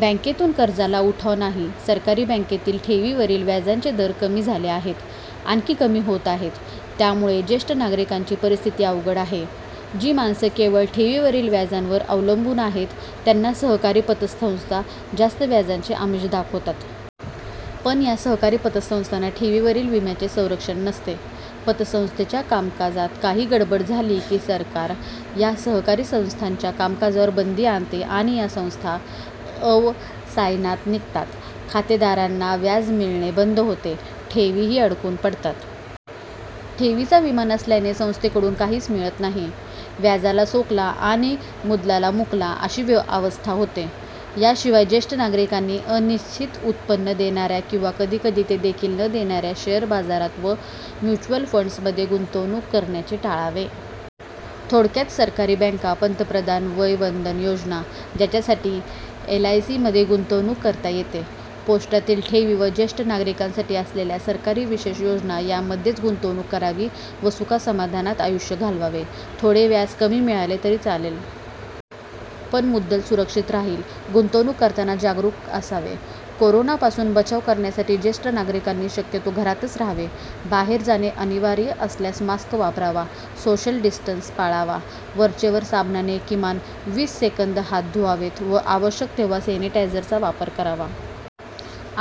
बँकेतून कर्जाला उठाव नाही. सरकारी बँकेतील ठेवींवरील व्याजाचे दर कमी झाले आहेत. आणखी कमी होत आहेत. त्यामुळे ज्येष्ठ नागरिकांची परिस्थिती अवघड आहे. जी माणसे केवळ ठेवींवरील व्याजावर अवलंबून आहेत, त्यांना सहकारी पतसंस्था जास्त व्याजाचे आमिष दाखवतात. पण या सहकारी पतसंस्थांना ठेवींवरील विम्याचे संरक्षण नसते. पतसंस्थेच्या कामकाजात काही गडबड झाली की सरकार या सहकारी संस्थांच्या कामकाजावर बंदी आणते. या संस्था अवसायनात निघतात. खातेदारांना व्याज मिळणे बंद होते. ठेवीही अडकून पडतात. ठेवींचा विमा नसल्याने संस्थेकडून काहीच मिळत नाही. व्याजाला सोकला आणि मुदलाला मुकला, अशी अवस्था होते. याशिवाय ज्येष्ठ नागरिकांनी अनिश्चित उत्पन्न देणाऱ्या किंवा कधीकधी ते देखील न देणाऱ्या शेअर बाजारात व म्युच्युअल फंड्समध्ये गुंतवणूक करण्याचे टाळावे. थोडक्यात सरकारी बँका, पंतप्रधान वय वंदन योजना, ज्यासाठी एलआयसीमध्ये गुंतवणूक करता येते, पोस्टातील ठेवी व ज्येष्ठ नागरिकांसाठी असलेल्या सरकारी विशेष योजना यामध्येच गुंतवणूक करावी व सुखासमाधानात आयुष्य घालवावे. थोडे व्याज कमी मिळाले तरी चालेल. पण मुद्दल सुरक्षित राहील. गुंतवणूक करताना जागरूक असावे. कोरोनापासून बचाव करण्यासाठी ज्येष्ठ नागरिकांनी शक्यतो घरातच राहावे. बाहेर जाणे अनिवार्य असल्यास मास्क वापरावा, सोशल डिस्टन्स पाळावा, वरचेवर साबणाने किमान वीस सेकंद हात धुवावेत व आवश्यक तेव्हा सॅनिटायझरचा वापर करावा.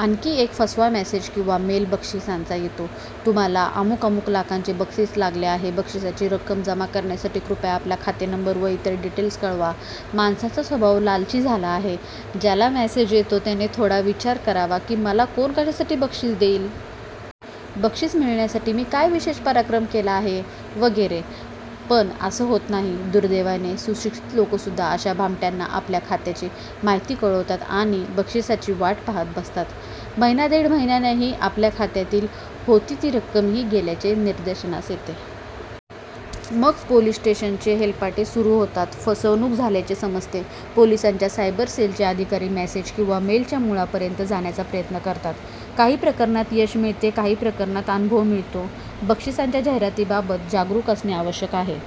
आणखी एक फसवा मेसेज किंवा मेल बक्षिसाचा येतो. तुम्हाला अमुक अमुक लाखांचे बक्षीस लागले आहे. बक्षिसाची रक्कम जमा करण्यासाठी कृपया आपला खाते नंबर व इतर डिटेल्स कळवा. माणसाचा स्वभाव लालची झाला आहे. ज्याला मेसेज येतो त्याने थोडा विचार करावा की, मला कोण कशासाठी बक्षीस देईल? बक्षीस मिळण्यासाठी मी काय विशेष पराक्रम केला आहे? वगैरे. पण असं होत नाही. दुर्दैवाने सुशिक्षित लोकसुद्धा अशा भामट्यांना आपल्या खात्याची माहिती कळवतात आणि बक्षिसाची वाट पाहत बसतात. महिना दीड महिन्यांनी आपल्या खात्यातील होती ती रक्कमही गेल्याचे निदर्शनास येते. मग पोलिस स्टेशनचे हेलपाटे सुरू होतात. फसवणूक झाल्याचे समजते. पोलिसांच्या सायबर सेलचे अधिकारी मेसेज किंवा मेलच्या मुळापर्यंत जाण्याचा प्रयत्न करतात. काही प्रकरणात यश मिळते. काही प्रकरणात अनुभव मिळतो. बक्षिसाच्या जाहिरातीबाबत जागरूक असणे आवश्यक आहे.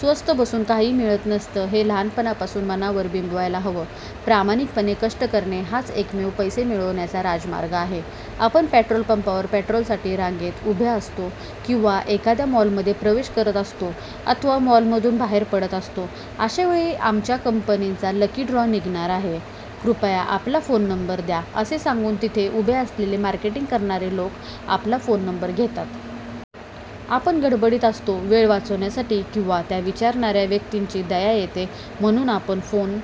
स्वस्थ बसून काहीही मिळत नसतं, हे लहानपणापासून मनावर बिंबवायला हवं. प्रामाणिकपणे कष्ट करणे हाच एकमेव पैसे मिळवण्याचा राजमार्ग आहे. आपण पेट्रोल पंपावर पेट्रोलसाठी रांगेत उभे असतो किंवा एखाद्या मॉलमध्ये प्रवेश करत असतो अथवा मॉलमधून बाहेर पडत असतो, अशावेळी आमच्या कंपनीचा लकी ड्रॉ निघणार आहे, कृपया आपला फोन नंबर द्या, असे सांगून तिथे उभे असलेले मार्केटिंग करणारे लोक आपला फोन नंबर घेतात. आपण गडबडीत असतो. वेळ वाचवण्यासाठी, किंवा त्या विचारणाऱ्या व्यक्तीची दया येते म्हणून आपण फोन